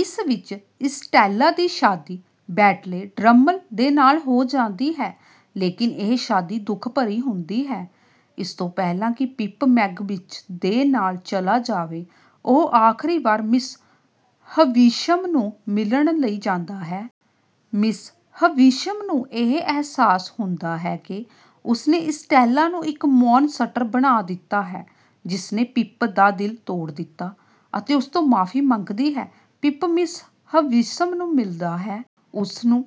ਇਸ ਵਿੱਚ ਇਸਟੈਲਾ ਦੀ ਸ਼ਾਦੀ ਬੈਂਟਲੇ ਡ੍ਰਮਲ ਦੇ ਨਾਲ ਹੋ ਜਾਂਦੀ ਹੈ, ਲੇਕਿਨ ਇਹ ਸ਼ਾਦੀ ਦੁਖਭਰੀ ਹੁੰਦੀ ਹੈ। ਇਸ ਤੋਂ ਪਹਿਲਾਂ ਕਿ ਪਿਪ ਮੈਗਵਿਚ ਦੇ ਨਾਲ ਚਲਾ ਜਾਵੇ, ਉਹ ਆਖਰੀ ਵਾਰ ਮਿਸ ਹਵਿਸ਼ਮ ਨੂੰ ਮਿਲਣ ਲਈ ਜਾਂਦਾ ਹੈ। ਮਿਸ ਹਵਿਸ਼ਮ ਨੂੰ ਇਹ ਅਹਿਸਾਸ ਹੁੰਦਾ ਹੈ ਕਿ ਉਸ ਨੇ ਇਸਟੈਲਾ ਨੂੰ ਇੱਕ ਮੌਨਸਟਰ ਬਣਾ ਦਿੱਤਾ ਹੈ, ਜਿਸ ਨੇ ਪਿਪ ਦਾ ਦਿਲ ਤੋੜ ਦਿੱਤਾ, ਅਤੇ ਉਸ ਤੋਂ ਮਾਫੀ ਮੰਗਦੀ ਹੈ। ਪਿਪ ਮਿਸ ਹਵਿਸ਼ਮ ਨੂੰ ਮਿਲਦਾ ਹੈ। ਉਸ ਨੂੰ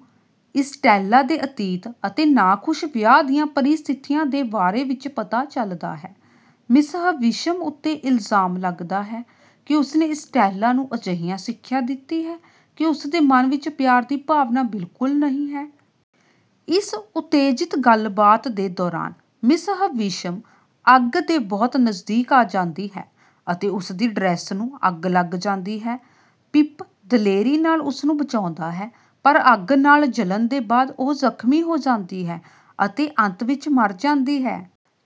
ਇਸਟੈਲਾ ਦੇ ਅਤੀਤ ਅਤੇ ਨਾਖੁਸ਼ ਵਿਆਹ ਦੀਆਂ ਪਰਿਸਥਿਤੀਆਂ ਦੇ ਬਾਰੇ ਵਿੱਚ ਪਤਾ ਚੱਲਦਾ ਹੈ। ਮਿਸ ਹਵਿਸ਼ਮ ਉੱਤੇ ਇਲਜ਼ਾਮ ਲੱਗਦਾ ਹੈ ਕਿ ਉਸ ਨੇ ਇਸਟੈਲਾ ਨੂੰ ਅਜਿਹੀ ਸਿੱਖਿਆ ਦਿੱਤੀ ਹੈ ਕਿ ਉਸ ਦੇ ਮਨ ਵਿੱਚ ਪਿਆਰ ਦੀ ਭਾਵਨਾ ਬਿਲਕੁੱਲ ਨਹੀਂ ਹੈ। ਇਸ ਉਤੇਜਿਤ ਗੱਲਬਾਤ ਦੇ ਦੌਰਾਨ, ਮਿਸ ਹਵਿਸ਼ਮ ਅੱਗ ਦੇ ਬਹੁਤ ਨਜ਼ਦੀਕ ਆ ਜਾਂਦੀ ਹੈ ਅਤੇ ਉਸ ਦੀ ਡਰੈਸ ਨੂੰ ਅੱਗ ਲੱਗ ਜਾਂਦੀ ਹੈ। ਪਿਪ ਦਲੇਰੀ ਨਾਲ ਉਸ ਨੂੰ ਬਚਾਉਂਦਾ ਹੈ, ਪਰ ਅੱਗ ਨਾਲ ਜਲਣ ਦੇ ਬਾਅਦ ਉਹ ਜ਼ਖ਼ਮੀ ਹੋ ਜਾਂਦੀ ਹੈ ਅਤੇ ਅੰਤ ਵਿੱਚ ਮਰ ਜਾਂਦੀ ਹੈ।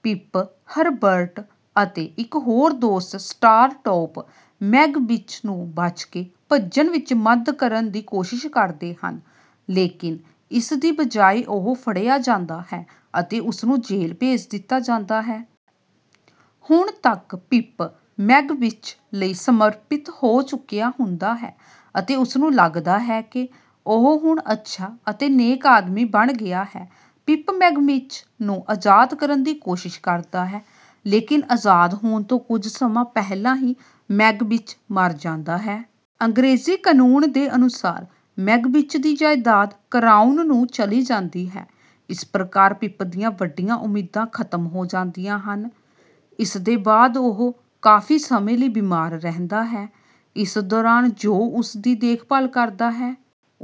ਪਿਪ, ਹਰਬਰਟ, ਅਤੇ ਇੱਕ ਹੋਰ ਦੋਸਤ, ਸਟਾਰਟੋਪ, ਮੈਗਵਿਚ ਨੂੰ ਬਚ ਕੇ ਭੱਜਣ ਵਿੱਚ ਮਦ ਕਰਨ ਦੀ ਕੋਸ਼ਿਸ਼ ਕਰਦੇ ਹਨ। ਲੇਕਿਨ ਇਸ ਦੀ ਬਜਾਏ ਉਹ ਫੜਿਆ ਜਾਂਦਾ ਹੈ ਅਤੇ ਉਸ ਨੂੰ ਜੇਲ੍ਹ ਭੇਜ ਦਿੱਤਾ ਜਾਂਦਾ ਹੈ। ਹੁਣ ਤੱਕ ਪਿਪ ਮੈਗਵਿਚ ਲਈ ਸਮਰਪਿਤ ਹੋ ਚੁੱਕਿਆ ਹੁੰਦਾ ਹੈ ਅਤੇ ਉਸ ਨੂੰ ਲੱਗਦਾ ਹੈ ਕਿ ਉਹ ਹੁਣ ਅੱਛਾ ਅਤੇ ਨੇਕ ਆਦਮੀ ਬਣ ਗਿਆ ਹੈ। ਪਿਪ ਮੈਗਵਿਚ ਨੂੰ ਆਜ਼ਾਦ ਕਰਨ ਦੀ ਕੋਸ਼ਿਸ਼ ਕਰਦਾ ਹੈ ਲੇਕਿਨ ਆਜ਼ਾਦ ਹੋਣ ਤੋਂ ਕੁਝ ਸਮਾਂ ਪਹਿਲਾਂ ਹੀ ਮੈਗਵਿਚ ਮਰ ਜਾਂਦਾ ਹੈ। ਅੰਗਰੇਜ਼ੀ ਕਨੂੰਨ ਦੇ ਅਨੁਸਾਰ ਮੈਗਵਿਚ ਦੀ ਜਾਇਦਾਦ ਕਰਾਊਨ ਨੂੰ ਚਲੀ ਜਾਂਦੀ ਹੈ। ਇਸ ਪ੍ਰਕਾਰ ਪਿਪ ਦੀਆਂ ਵੱਡੀਆਂ ਉਮੀਦਾਂ ਖ਼ਤਮ ਹੋ ਜਾਂਦੀਆਂ ਹਨ। ਇਸ ਦੇ ਬਾਅਦ ਉਹ ਕਾਫ਼ੀ ਸਮੇਂ ਲਈ ਬੀਮਾਰ ਰਹਿੰਦਾ ਹੈ। ਇਸ ਦੌਰਾਨ ਜੋਅ ਉਸ ਦੀ ਦੇਖਭਾਲ ਕਰਦਾ ਹੈ।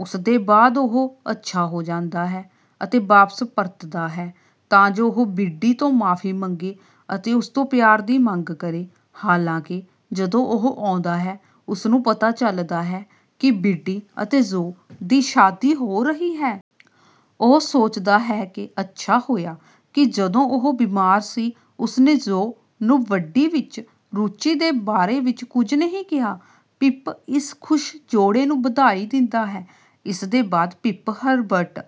ਉਸ ਦੇ ਬਾਅਦ ਉਹ ਅੱਛਾ ਹੋ ਜਾਂਦਾ ਹੈ, ਅਤੇ ਵਾਪਸ ਪਰਤਦਾ ਹੈ ਤਾਂ ਜੋ ਉਹ ਬਿੱਡੀ ਤੋਂ ਮਾਫੀ ਮੰਗੇ ਅਤੇ ਉਸ ਤੋਂ ਪਿਆਰ ਦੀ ਮੰਗ ਕਰੇ। ਹਾਲਾਂਕਿ, ਜਦੋਂ ਉਹ ਆਉਂਦਾ ਹੈ, ਉਸ ਨੂੰ ਪਤਾ ਚੱਲਦਾ ਹੈ ਕਿ ਬਿੱਡੀ ਅਤੇ ਜੋਅ ਦੀ ਸ਼ਾਦੀ ਹੋ ਰਹੀ ਹੈ। ਉਹ ਸੋਚਦਾ ਹੈ ਕਿ ਅੱਛਾ ਹੋਇਆ ਕਿ ਜਦੋਂ ਉਹ ਬੀਮਾਰ ਸੀ ਉਸ ਨੇ ਜੋਅ ਨੂੰ ਬਿੱਡੀ ਵਿੱਚ ਰੁਚੀ ਦੇ ਬਾਰੇ ਵਿੱਚ ਕੁਝ ਨਹੀਂ ਕਿਹਾ। ਪਿਪ ਇਸ ਖੁਸ਼ ਜੋੜੇ ਨੂੰ ਵਧਾਈ ਦਿੰਦਾ ਹੈ। ਇਸ ਦੇ ਬਾਅਦ, ਪਿਪ ਹਰਬਰਟ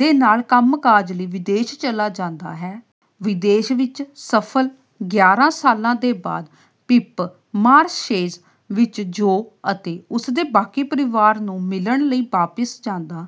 ਦੇ ਨਾਲ ਕੰਮ-ਕਾਜ ਲਈ ਵਿਦੇਸ਼ ਚਲਾ ਜਾਂਦਾ ਹੈ। ਵਿਦੇਸ਼ ਵਿੱਚ ਸਫਲ ਗਿਆਰਾਂ ਸਾਲਾਂ ਦੇ ਬਾਅਦ, ਪਿਪ ਮਾਰਸ਼ੇਜ਼ ਵਿੱਚ ਜੋਅ ਅਤੇ ਉਸ ਦੇ ਬਾਕੀ ਪਰਿਵਾਰ ਨੂੰ ਮਿਲਣ ਲਈ ਵਾਪਸ ਜਾਂਦਾ